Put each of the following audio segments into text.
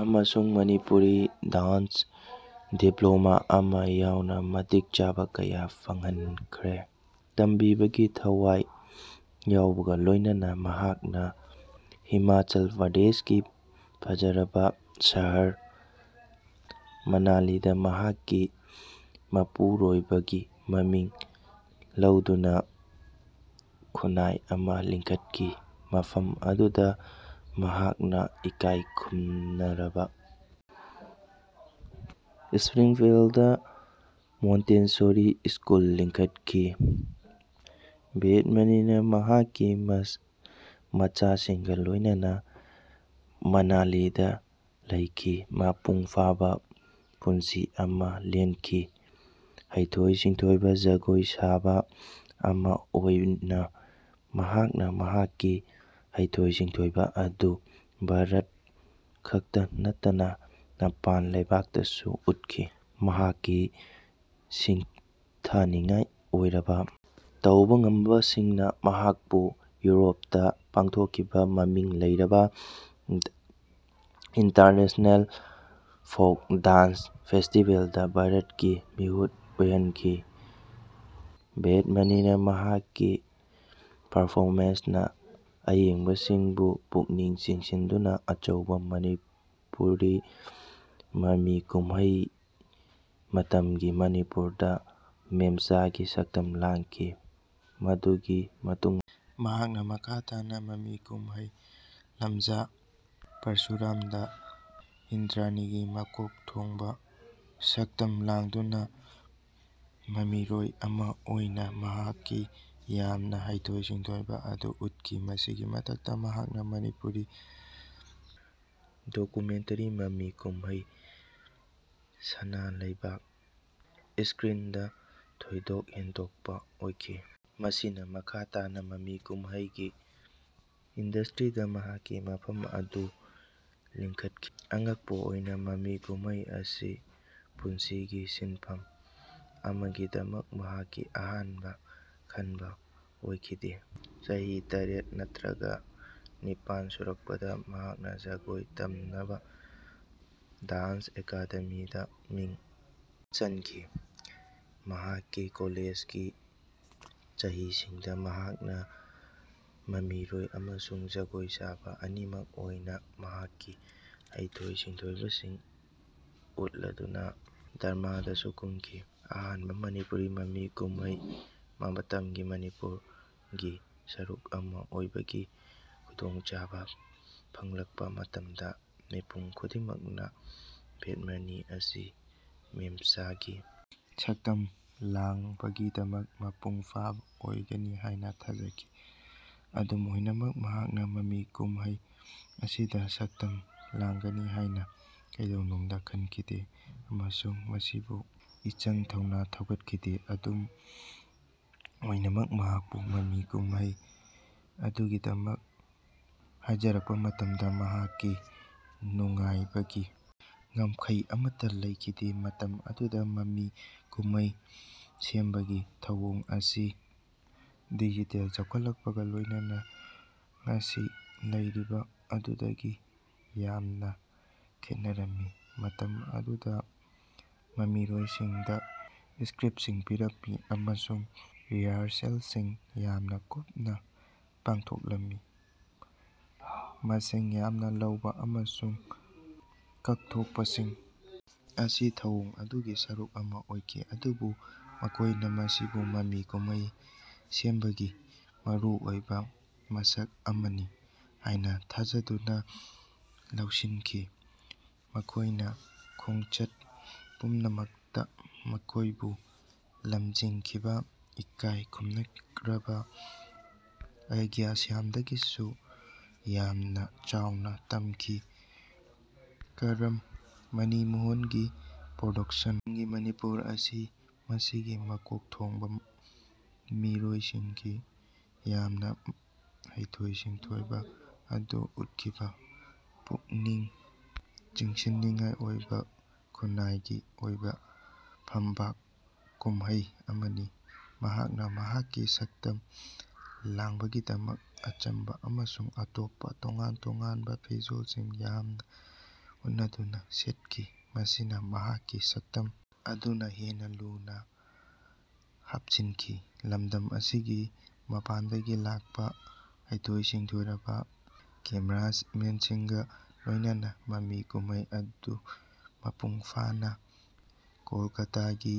ꯑꯃꯁꯨꯡ ꯃꯅꯤꯄꯨꯔꯤ ꯗꯥꯟ꯭ꯁꯇ ꯗꯤꯄ꯭ꯂꯣꯃꯥ ꯑꯃꯥ ꯌꯥꯎꯅ ꯃꯇꯤꯛ ꯆꯥꯕ ꯀꯌꯥ ꯐꯪꯈ꯭ꯔꯦ꯫ ꯇꯝꯕꯤꯕꯒꯤ ꯊꯋꯥꯏ ꯌꯥꯎꯕꯒ ꯂꯣꯏꯅꯅ, ꯃꯍꯥꯛꯅ ꯍꯤꯃꯥꯆꯜ ꯄ꯭ꯔꯗꯦꯁꯀꯤ ꯐꯖꯔꯕ ꯁꯍꯔ ꯃꯅꯥꯂꯤꯗ ꯃꯍꯥꯛꯀꯤ ꯃꯄꯨꯔꯣꯏꯕꯒꯤ ꯃꯃꯤꯡ ꯂꯧꯗꯨꯅ ꯈꯨꯟꯅꯥꯏ ꯑꯃ ꯂꯤꯡꯈꯠꯈꯤ꯫ ꯃꯐꯝ ꯑꯗꯨꯗ ꯃꯍꯥꯛꯅ ꯏꯀꯥꯏ ꯈꯨꯝꯅꯔꯕ ꯢꯁꯄ꯭ꯔꯤꯡꯐꯤꯜꯗ ꯃꯣꯟꯇꯦꯁꯣꯔꯤ ꯁ꯭ꯀꯨꯜ ꯂꯤꯡꯈꯠꯈꯤ꯫ ꯕꯦꯗꯃꯅꯤꯅ ꯃꯍꯥꯛꯀꯤ ꯃꯆꯥꯁꯤꯡꯒ ꯂꯣꯏꯅꯅ ꯃꯅꯥꯂꯤꯗ ꯂꯩꯈꯤ, ꯃꯄꯨꯡ ꯐꯥꯕ ꯄꯨꯟꯁꯤ ꯑꯃ ꯂꯦꯟꯈꯤ꯫ ꯍꯩꯊꯣꯏ-ꯁꯤꯡꯊꯣꯏꯔꯕ ꯖꯒꯣꯏ ꯁꯥꯕ ꯑꯃ ꯑꯣꯏꯅ ꯃꯍꯥꯛꯅ ꯃꯍꯥꯛꯀꯤ ꯍꯩꯊꯣꯏ-ꯁꯤꯡꯊꯣꯏꯕ ꯑꯗꯨ ꯚꯥꯔꯠꯇ ꯈꯛꯇ ꯅꯠꯇꯅ ꯃꯄꯥꯟ ꯂꯩꯕꯥꯛꯇꯁꯨ ꯎꯠꯈꯤ꯫ ꯃꯍꯥꯛꯀꯤ ꯁꯤꯡꯊꯥꯅꯤꯡꯉꯥꯏ ꯑꯣꯏꯔꯕ ꯇꯧꯕ ꯉꯝꯕꯁꯤꯡꯅ ꯃꯍꯥꯛꯄꯨ ꯌꯨꯔꯣꯞꯇ ꯄꯥꯡꯊꯣꯛꯈꯤꯕ ꯃꯃꯤꯡ ꯂꯩꯔꯕ ꯏꯟꯇꯔꯅꯦꯁꯅꯦꯜ ꯐꯣꯛ ꯗꯥꯟ꯭ꯁ ꯐꯦꯁꯇꯤꯕꯦꯜꯗ ꯚꯥꯔꯠꯀꯤ ꯃꯤꯍꯨꯠ ꯑꯣꯏꯍꯟꯈꯤ꯫ ꯕꯦꯗꯃꯅꯤꯅ ꯃꯍꯥꯛꯀꯤ ꯄꯔꯐꯣꯃꯦꯟꯁ ꯅ ꯑꯌꯦꯡꯕꯁꯤꯡꯕꯨ ꯄꯨꯛꯅꯤꯡ ꯆꯤꯡꯁꯤꯜꯂꯗꯨꯅ ꯑꯆꯧꯕ ꯃꯅꯤꯄꯨꯔꯤ ꯃꯃꯤ ꯀꯨꯝꯍꯩ ꯃꯇꯝꯒꯤ ꯃꯅꯤꯄꯨꯔ ꯗ ꯃꯦꯝꯆꯥꯒꯤ ꯁꯛꯇꯝ ꯂꯥꯡꯈꯤ꯫ ꯃꯗꯨꯒꯤ ꯃꯇꯨꯡꯗ ꯃꯍꯥꯛꯅ ꯃꯈꯥ ꯇꯥꯅ ꯃꯃꯤ ꯀꯨꯝꯍꯩ ꯂꯝꯖꯥ ꯄꯔꯁꯨꯔꯥꯝ ꯗ ꯏꯟꯗ꯭ꯔꯥꯅꯤꯒꯤ ꯃꯀꯣꯛ ꯊꯣꯡꯕ ꯁꯛꯇꯝ ꯂꯥꯡꯗꯨꯅ ꯃꯃꯤꯔꯣꯏ ꯑꯃ ꯑꯣꯏꯅ ꯃꯍꯥꯛꯀꯤ ꯌꯥꯝꯅ ꯍꯩꯊꯣꯏ-ꯁꯤꯡꯊꯣꯏꯕ ꯑꯗꯨ ꯎꯠꯈꯤ꯫ ꯃꯁꯤꯒꯤ ꯃꯊꯛꯇ, ꯃꯍꯥꯛꯅ ꯃꯅꯤꯄꯨꯔꯤ ꯗꯣꯀꯨꯃꯦꯟꯇꯔꯤ ꯃꯃꯤ ꯀꯨꯝꯍꯩ ꯁꯅꯥꯂꯩꯕꯛ ꯢꯁꯀ꯭ꯔꯤꯟꯗ ꯊꯣꯏꯗꯣꯛ ꯍꯦꯟꯗꯣꯛꯄ ꯑꯣꯏꯈꯤ, ꯃꯁꯤꯅ ꯃꯈꯥ ꯇꯥꯅ ꯃꯃꯤ ꯀꯨꯝꯍꯩꯒꯤ ꯏꯟꯗꯁꯇ꯭ꯔꯤꯗ ꯃꯍꯥꯛꯀꯤ ꯃꯐꯝ ꯑꯗꯨ ꯂꯤꯡꯈꯠꯈꯤ꯫ ꯑꯉꯛꯄ ꯑꯣꯏꯅ, ꯃꯃꯤ ꯀꯨꯝꯍꯩ ꯑꯁꯤ ꯄꯨꯟꯁꯤꯒꯤ ꯁꯤꯟꯐꯝ ꯑꯃꯒꯤꯗꯃꯛ ꯃꯍꯥꯛꯀꯤ ꯑꯍꯥꯟꯕ ꯈꯟꯕ ꯑꯣꯏꯈꯤꯗꯦ꯫ ꯆꯍꯤ ꯇꯔꯦꯠ ꯅꯠꯇ꯭ꯔꯒ ꯅꯤꯄꯥꯟ ꯁꯨꯔꯛꯄꯗ ꯃꯍꯥꯛꯅ ꯖꯒꯣꯏ ꯇꯝꯅꯕ ꯗꯥꯟ꯭ꯁ ꯑꯦꯀꯥꯗꯦꯃꯤꯗ ꯃꯤꯡ ꯆꯟꯈꯤ꯫ ꯃꯍꯥꯛꯀꯤ ꯀꯣꯂꯦꯖꯒꯤ ꯆꯍꯤꯁꯤꯡꯗ ꯃꯍꯥꯛꯅ ꯃꯃꯤꯔꯣꯏ ꯑꯃꯁꯨꯡ ꯖꯒꯣꯏ ꯁꯥꯕ ꯑꯅꯤꯃꯛ ꯑꯣꯏꯅ ꯃꯍꯥꯛꯀꯤ ꯍꯩꯊꯣꯏ-ꯁꯤꯡꯊꯣꯏꯕꯁꯤꯡ ꯎꯠꯂꯗꯨꯅ ꯗ꯭ꯔꯃꯥꯗꯁꯨ ꯀꯨꯝꯈꯤ꯫ ꯑꯍꯥꯟꯕ ꯃꯅꯤꯄꯨꯔꯤ ꯃꯃꯤ ꯀꯨꯝꯍꯩ, "ꯃꯇꯝꯒꯤ ꯃꯅꯤꯄꯨꯔ"ꯒꯤ ꯁꯔꯨꯛ ꯑꯃ ꯑꯣꯏꯕꯒꯤ ꯈꯨꯗꯣꯡꯆꯥꯕ ꯐꯪꯂꯛꯄ ꯃꯇꯝꯗ, ꯃꯤꯄꯨꯝ ꯈꯨꯗꯤꯡꯃꯛꯅ ꯕꯦꯗꯃꯅꯤ ꯑꯁꯤ ꯃꯦꯝꯆꯥꯒꯤ ꯁꯛꯇꯝ ꯂꯥꯡꯕꯒꯤꯗꯃꯛ ꯃꯄꯨꯡ ꯐꯥꯕ ꯑꯣꯏꯒꯅꯤ ꯍꯥꯏꯅ ꯊꯥꯖꯈꯤ꯫ ꯑꯗꯨꯝ ꯑꯣꯏꯅꯃꯛ, ꯃꯍꯥꯛꯅ ꯃꯃꯤ ꯀꯨꯝꯍꯩ ꯑꯁꯤꯗ ꯁꯛꯇꯝ ꯂꯥꯡꯒꯅꯤ ꯍꯥꯏꯅ ꯀꯩꯗꯧꯅꯨꯡꯗ ꯈꯟꯈꯤꯗꯦ ꯑꯃꯁꯨꯡ ꯃꯁꯤꯕꯨ ꯏꯆꯪ ꯊꯧꯅ ꯆꯠꯊꯈꯤꯗꯦ꯫ ꯑꯗꯨꯝ ꯑꯣꯏꯅꯃꯛ, ꯃꯍꯥꯛꯄꯨ ꯃꯃꯤ ꯀꯨꯝꯍꯩ ꯑꯗꯨꯒꯤꯗꯃꯛ ꯍꯥꯏꯖꯔꯛꯄ ꯃꯇꯝꯗ ꯃꯍꯥꯛꯀꯤ ꯅꯨꯡꯉꯥꯏꯕꯒꯤ ꯉꯝꯈꯩ ꯑꯃꯠꯇ ꯂꯩꯈꯤꯗꯦ꯫ ꯃꯇꯝ ꯑꯗꯨꯗ ꯃꯃꯤ ꯀꯨꯝꯍꯩ ꯁꯦꯝꯕꯒꯤ ꯊꯧꯑꯣꯡ ꯑꯁꯤ ꯗꯤꯖꯤꯇꯦꯜ ꯆꯥꯎꯈꯠꯂꯛꯄꯒ ꯂꯣꯏꯅꯅ ꯉꯁꯤ ꯂꯩꯔꯤꯕ ꯑꯗꯨꯗꯒꯤ ꯌꯥꯝꯅ ꯈꯦꯠꯅꯔꯝꯃꯤ꯫ ꯃꯇꯝ ꯑꯗꯨꯗ ꯃꯃꯤꯔꯣꯏꯁꯤꯡꯗ ꯏꯁꯀ꯭ꯔꯤꯞꯁꯤꯡ ꯄꯤꯔꯝꯃꯤ ꯑꯃꯁꯨꯡ ꯔꯤꯍꯔꯁꯦꯜꯁꯤꯡ ꯌꯥꯝꯅ ꯀꯨꯞꯅ ꯄꯥꯡꯊꯣꯛꯂꯝꯃꯤ꯫ ꯃꯁꯤꯡ ꯌꯥꯝꯅ ꯂꯧꯕ ꯑꯃꯁꯨꯡ ꯀꯛꯊꯠꯄꯁꯤꯡ ꯑꯁꯤ ꯊꯧꯑꯣꯡ ꯑꯗꯨꯒꯤ ꯁꯔꯨꯛ ꯑꯃ ꯑꯣꯏꯈꯤ, ꯑꯗꯨꯕꯨ ꯃꯈꯣꯏꯅ ꯃꯁꯤꯕꯨ ꯃꯃꯤ ꯀꯨꯝꯍꯩ ꯁꯦꯝꯕꯒꯤ ꯃꯔꯨꯑꯣꯏꯕ ꯃꯁꯛ ꯑꯃꯅꯤ ꯍꯥꯏꯅ ꯊꯥꯖꯗꯨꯅ ꯂꯧꯁꯤꯟꯈꯤ꯫ ꯃꯈꯣꯏꯅ ꯈꯣꯡꯆꯠ ꯄꯨꯝꯅꯃꯛꯇ ꯃꯈꯣꯏꯕꯨ ꯂꯝꯖꯤꯡꯈꯤꯕ ꯏꯀꯥꯏ ꯈꯨꯝꯅꯔꯕ ꯑꯩꯒ꯭ꯌꯥ ꯁ꯭ꯌꯥꯝꯗꯒꯤꯁꯨ ꯌꯥꯝꯅ ꯆꯥꯎꯅ ꯇꯝꯈꯤ꯫ ꯀꯔꯥꯝ ꯃꯅꯤꯃꯣꯍꯟꯒꯤ ꯄ꯭ꯔꯣꯗꯛꯁꯟ, "ꯃꯇꯝꯒꯤ ꯃꯅꯤꯄꯨꯔ"ꯑꯁꯤ ꯃꯁꯤꯒꯤ ꯃꯀꯣꯛ ꯊꯣꯡꯕ ꯃꯃꯤꯔꯣꯏꯒꯤ ꯌꯥꯝꯅ ꯍꯩꯊꯣꯏ-ꯁꯤꯡꯊꯣꯏꯕ ꯑꯗꯨ ꯎꯠꯈꯤꯕ ꯄꯨꯛꯅꯤꯡ ꯆꯤꯡꯁꯤꯟꯅꯤꯡꯉꯥꯏ ꯑꯣꯏꯕ ꯈꯨꯟꯅꯥꯏꯒꯤ ꯑꯣꯏꯕ ꯐꯝꯕꯥꯛ ꯀꯨꯝꯍꯩ ꯑꯃꯅꯤ꯫ ꯃꯍꯥꯛꯅ ꯃꯍꯥꯛꯀꯤ ꯁꯛꯇꯝ ꯂꯥꯡꯕꯒꯤꯗꯃꯛ ꯑꯆꯝꯕ ꯑꯃꯁꯨꯡ ꯑꯇꯣꯞꯄ ꯇꯣꯉꯥꯟ-ꯇꯣꯉꯥꯟꯕ ꯐꯤꯖꯣꯜꯁꯤꯡ ꯌꯥꯝꯅ ꯍꯣꯠꯅꯗꯨꯅ ꯁꯦꯠꯈꯤ, ꯃꯁꯤꯅ ꯃꯍꯥꯛꯀꯤ ꯁꯛꯇꯝ ꯑꯗꯨ ꯍꯦꯟꯅ ꯂꯨꯅ ꯍꯥꯞꯆꯤꯟꯈꯤ꯫ ꯂꯝꯗꯝ ꯑꯁꯤꯒꯤ ꯃꯄꯥꯟꯗꯒꯤ ꯂꯥꯛꯄ ꯍꯩꯊꯣꯏ-ꯁꯤꯡꯊꯣꯏꯔꯕ ꯀꯦꯃꯦꯔꯥꯃꯦꯟꯁꯤꯡꯒ ꯂꯣꯏꯅꯅ, ꯃꯃꯤ ꯀꯨꯝꯍꯩ ꯑꯗꯨ ꯃꯄꯨꯡ ꯐꯥꯅ ꯀꯣꯜꯀꯥꯇꯥꯒꯤ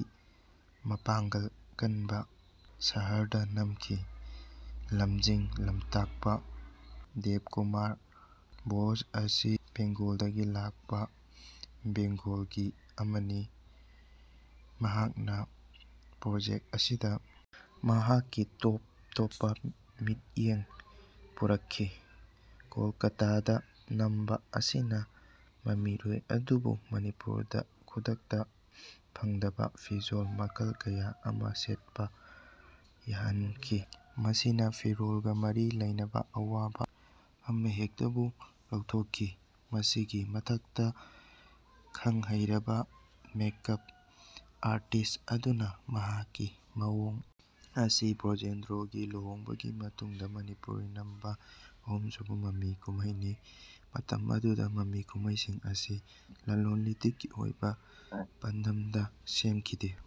ꯃꯄꯥꯡꯒꯜ ꯀꯟꯕ ꯁꯍꯔꯗ ꯅꯝꯈꯤ꯫ ꯂꯝꯖꯤꯡ ꯂꯝꯇꯥꯛꯄ ꯗꯦꯕꯀꯨꯃꯥꯔ ꯕꯣꯁ ꯑꯁꯤ ꯕꯦꯡꯒꯣꯜꯗꯒꯤ ꯂꯥꯛꯄ ꯕꯦꯡꯒꯣꯂꯤ ꯑꯃꯅꯤ, ꯃꯍꯥꯛꯅ ꯄ꯭ꯔꯣꯖꯦꯛ ꯑꯁꯤꯗ ꯃꯍꯥꯛꯀꯤ ꯇꯣꯞ-ꯇꯣꯞꯄ ꯃꯤꯠꯌꯦꯡ ꯄꯨꯔꯛꯈꯤ꯫ ꯀꯣꯜꯀꯥꯇꯥꯗ ꯅꯝꯕ ꯑꯁꯤꯅ ꯃꯃꯤꯔꯣꯏ ꯑꯗꯨꯕꯨ ꯃꯅꯤꯄꯨꯔꯗ ꯈꯨꯗꯛꯇ ꯐꯪꯗꯕ ꯐꯤꯖꯣꯜ ꯃꯈꯜ ꯀꯌꯥ ꯑꯃ ꯁꯦꯠꯄ ꯌꯥꯍꯟꯈꯤ, ꯃꯁꯤꯅ ꯐꯤꯔꯣꯜꯒ ꯃꯔꯤ ꯂꯩꯅꯕ ꯑꯋꯥꯕ ꯑꯃꯍꯦꯛꯇꯕꯨ ꯂꯧꯊꯣꯛꯈꯤ꯫ ꯃꯁꯤꯒꯤ ꯃꯊꯛꯇ, ꯈꯪꯍꯩꯔꯕ ꯃꯦꯀꯞ ꯑꯥꯔꯇꯤꯁ ꯑꯗꯨꯅ ꯃꯍꯥꯛꯀꯤ ꯃꯑꯣꯡ ꯑꯁꯤ ꯕ꯭ꯔꯣꯖꯦꯟꯗ꯭ꯔꯣꯒꯤ ꯂꯨꯍꯣꯡꯕꯥꯒꯤ ꯃꯇꯨꯡꯗ ꯃꯅꯤꯄꯨꯔꯗ ꯅꯝꯕ ꯑꯍꯨꯝꯁꯨꯕ ꯃꯃꯤ ꯀꯨꯝꯍꯩꯅꯤ꯫ ꯃꯇꯝ ꯑꯗꯨꯗ ꯃꯃꯤ ꯀꯨꯝꯍꯩꯁꯤꯡ ꯑꯁꯤ ꯂꯂꯣꯟ-ꯏꯇꯤꯛꯀꯤ ꯑꯣꯏꯕ ꯄꯥꯟꯗꯝꯗ ꯁꯦꯝꯈꯤꯗꯦ꯫